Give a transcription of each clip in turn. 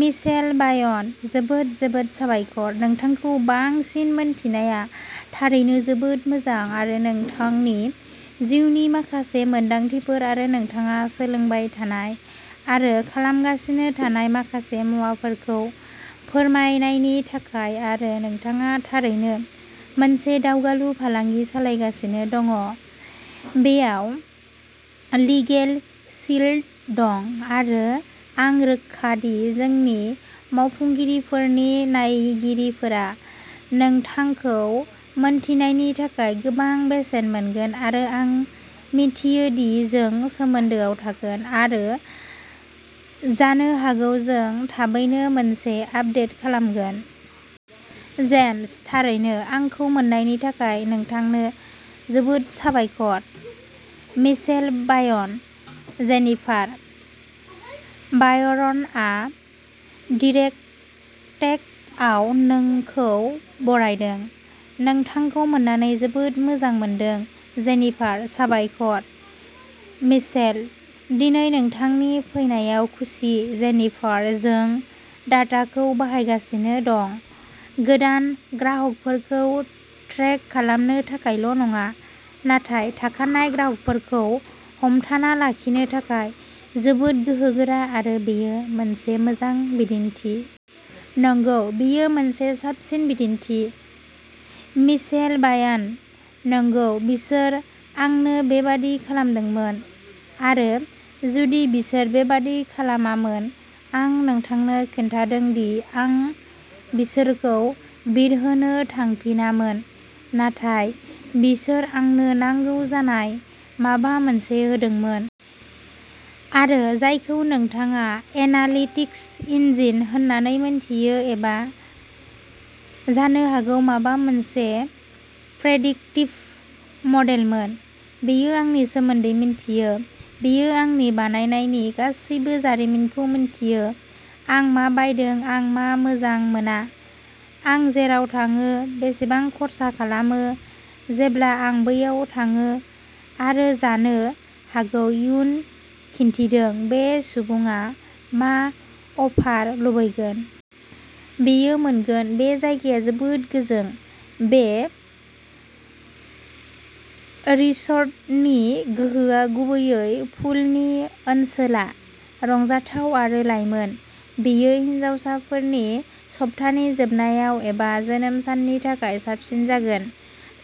Michelle बायनः जोबोद जोबोद साबायखर। नोंथांखौ बांसिन मोनथिनाया थारैनो जोबोद मोजां। आरो नोंथांनि जिउनि माखासे मोनदांथिफोर आरो नोंथाङा सोलोंबाय थानाय आरो खालामगासिनो थानाय माखासे मुवाफोरखौ फोरमायनायनि थाखाय आरो नोंथाङा थारैनो मोनसे दावगालु फालांगि सालायगासिनो दं, बेयाव लिगेलशील्ड दं आरो आं रोखा दि जोंनि मावफुंगिरिफोरनि नायगिरिफोरा नोंथांखौ मिथिनायनि थाखाय गोबां बेसेन मोनगोन आरो आं मिथियो दि जों सोमोन्दोआव थागोन आरो जानो हागौ जों थाबैनो मोनसे आपदेट खालामगोन। जेम्सः थारैनो। आंखौ मोननायनि थाखाय नोंथांनो जोबोद साबायखर। Michelle बायनः Jennifer. बायर्नआ डिरेकटेकआव नोंखौ बरायदों। नोंथांखौ मोननानै जोबोद मोजां मोनदों। जेनिफारः साबायखर, मिशेल। दिनै नोंथांजों फैनायाव खुसि। जेनिफारः जों डाटाखौ बाहायगासिनो दं, गोदान ग्राहकफोरखौ ट्रेक खालामनो थाखायल'नङा, नाथाय थाखानाय ग्राहकफोरखौ हमथाना लाखिनो थाखाय जोबोद गोहोगोरा आरो बेयो मोनसे मोजां बिदिन्थि। नंगौ, बेयो मोनसे साबसिन बिदिन्थि। मिशेल बायानः नंगौ, बिसोर आंनो बेबादि खालामदोंमोन। आरो जुदि बिसोर बेबादि खालामामोन। आं नोंथांनो खिन्थादों दि आं बिसोरखौ बिरहोनो थांफिनामोन नाथाय बिसोर आंनो नांगौ जानाय माबा मोनसे होदोंमोन। आरो जायखौ नोंथाङा एनालिटिक्स इन्जिन होन्ना मिथियो एबा जानो हागौ माबा मोनसे प्रेडिक्टिभ मडेलमोन, बेयो आंनि सोमोन्दै मिथियो, बेयो आंनि बायनायनि गासिबो जारिमिनखौ मिथियो, आं मा बायदों, आं मा मोजां मोना, आं जेराव थाङो, बेसेबां खर्सा खालामो, जेब्ला आं बैयाव थाङो आरो जानो हागौ इयुन खिन्थिदों, बे सुबुङा मा अफार लुबैगोन। बेयो मोनगोन। बे जायगाया जोबोद गोजों! बे रिसर्टनि गोहोआ, गुबैयै पुलनि ओनसोला, रंजाथाव आरो लाइमोन। बेयो हिनजावसाफोरनि सप्तानि जोबनायाव एबा जोनोम साननि थाखाय साबसिन जागोन।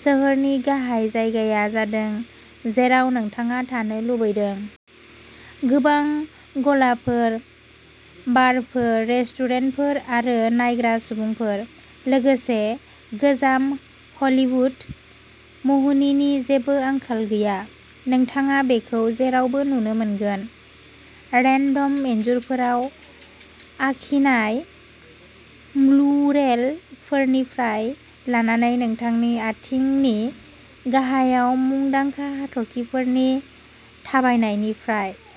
सोहोरनि गाहाय जायगाया जादों जेराव नोंथाङा थानो लुबैदों। गोबां गलाफोर, बारफोर, रेस्टुरेन्टफोर आरो नायग्रा सुबुंफोर। लोगोसे, गोजाम हलीवुड मुहिनिनि जेबो आंखाल गैया! नोंथाङा बेखौ जेरावबो नुनो मोनगोन, रेन्डम इन्जुरफोराव आखिनाय म्युरेलफोरनिफ्राय लानानै नोंथांनि आथिंनि गाहायाव मुंदांखा हाथरखिफोरनि थाबायनायनिफ्राय।